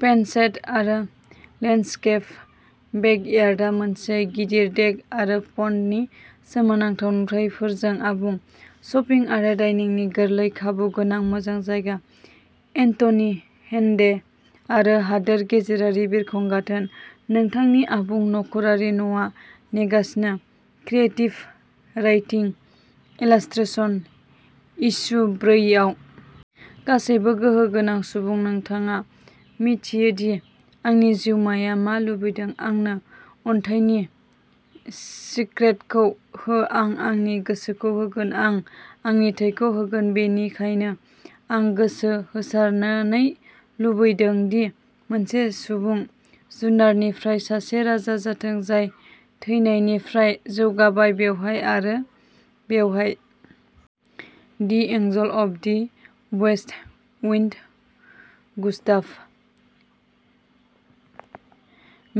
फ्रेन्सेद आरो लेन्डस्केपड बेकयार्डआ मोनसे गिदिर देक आरो पन्डनि सोमोनांथाव नुथायफोरजों आबुं। शपिं आरो डाइनिंनि गोरलै खाबु गोनां मोजां जायगा, एन्थनी हेन्डे, आरो हादोर गेजेरारि बिरखं गाथोन। नोंथांनि आबुं नख'रारि न'आ नेगासिनो क्रिएटिभ राइटिं, इलास्ट्रेशन, इस्यु ब्रै आव। गासैबो गोहो गोनां सुबुं, नोंथाङा मिथियो दि आंनि जिउमाया मा लुबैदों। आंनो अन्थाइनि सिक्रेटखौ हो आं आंनि गोसोखौ होगोन, आं आंनि थैखौ होगोन बेनिखायनो आं गोसो होसारनानै लुबैदों दि मोनसे सुबुं जुनारनिफ्राय सासे राजा जाथों, जाय थैनायनिफ्राय जौगाबाय, बेवहाय आरो बेवहाय। The angel of the west wind Gustav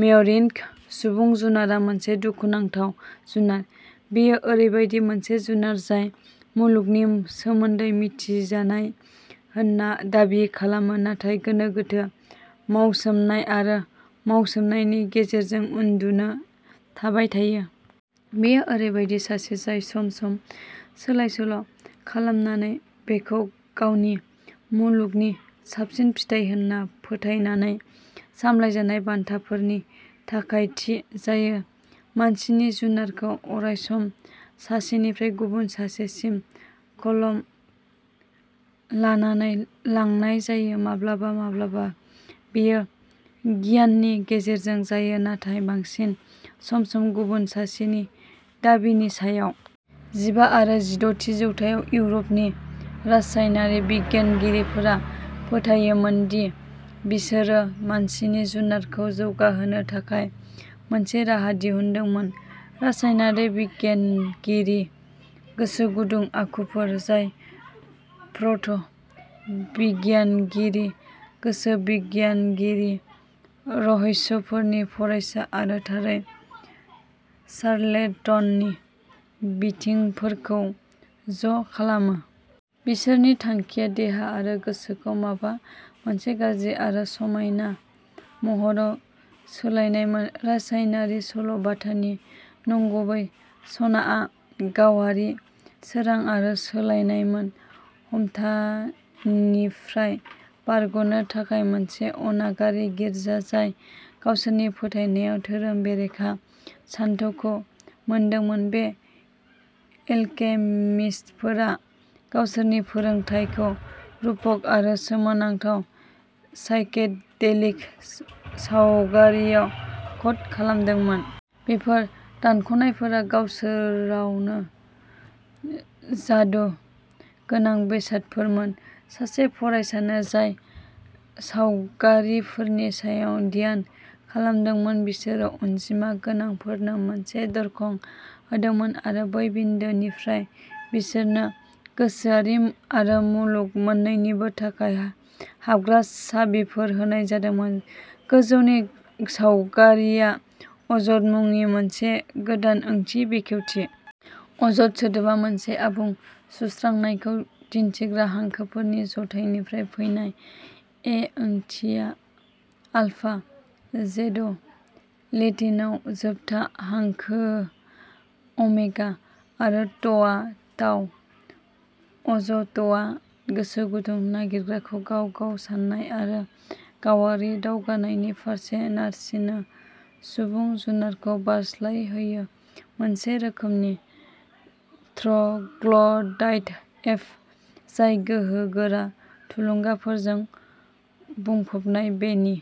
Meyrink. सुबुं जुनारआ मोनसे दुखुनांथाव जुनार। बेयो ओरैबायदि मोनसे जुनार जाय मुलुगनि सोमोन्दै मिथिजानाय होनना दाबि खालामो, नाथाय गोनो गोथो, मावसोमनाय आरो मावसोमनायनि गेजेरजों उन्दुनो थाबाय थायो। बेयो ओरैबायदि सासे जाय सम-सम सोलाय-सोल' खालामनानै बेखौ गावनि मुलुगनि साबसिन फिथाय होन्ना फोथायनानै सामलायजानाय बान्थाफोरनि थाखाय थि जायो। मानसिनि जुनारखौ अरायसम सासेनिफ्राय गुबुन सासेसिम कलम लानानै लांनाय जायो। माब्लाबा माब्लाबा बेयो गिनायनि गेजेरजों जायो, नाथाय बांसिन सम-सम गुबुन सासेनि दाबिनि सायाव। जिबा आरो जिद'थि जौथायाव इउर'पनि रासायनारि बिगियानगिरिफोरा फोथायोमोन दि बिसोरो मानसिनि जुनारखौ जौगाहोनो थाखाय मोनसे राहा दिहुनदोंमोन। रासायनारि बिगियानगिरि, गोसोगुदुं आखुफोर, जाय प्र'ट' बिगियानगिरि, गोसो बिगियानगिरि, रहस्यफोरनि फरायसा आरो थारै चार्लेटननि बिथिंफोरखौ ज' खालामो। बिसोरनि थांखिया देहा आरो गोसोखौ माबा मोनसे गाज्रि आरो समायना महराव सोलायनायमोन। रासायनारि सल' बाथानि नंगुबै सनाआ गावारि सोरां आरो सोलायनायमोन। हमथानिफ्राय बारग'नो थाखाय। मोनसे अनागारि गिर्जा जाय गावसोरनि फोथायनायाव धोरोम बेरेखा सानथौखौ मोनदोंमोन, बे एलकेमिस्टफोरा गावसोरनि फोरोंथायखौ रुपक आरो सोमोनांथाव, साइकेडेलिक सावगारिआव क'ड खालामदोंमोन। बेफोर दानख'नायफोरा गावसोरावनो जादु गोनां बेसादफोरमोन। सासे फरायसानो जाय सावगारिफोरनि सायाव ध्यान खालामदोंमोन, बिसोरो अनजिमा गोनांफोरनो मोनसे दरखं होदोंमोन आरो बै बिन्दोनिफ्राय, बिसोरनो गोसोआरि आरो मुलुग मोननैनिबो थाखाय हाबग्रा साबिफोर होनाय जादोंमोन। गोजौनि सावगारिआ अज'थ मुंनि मोनसे गोदान ओंथि बेखेवथि। अज'थ सोदोबा मोनसे आबुं सुस्रांनायखौ दिन्थिग्रा हांखोफोरनि जथायनिफ्राय फैनाय। एओंथिया आलफा, जेड' लेटिनआव जोबथा हांखो अमेगा, आरो थ'आ ताउ। अज'थआ गोसो गुदुं नागिरग्राखौ गाव-गाव साननाय आरो गावारि दावगानायनि फारसे नारसिनो, सुबुं जुनारखौ बारस्लायहोयो, मोनसे रोखोमनि ट्र'ग्ल'डाइट एप जाय गोहोगोरा थुलुंगाफोरजों बुंफबनाय, बेनि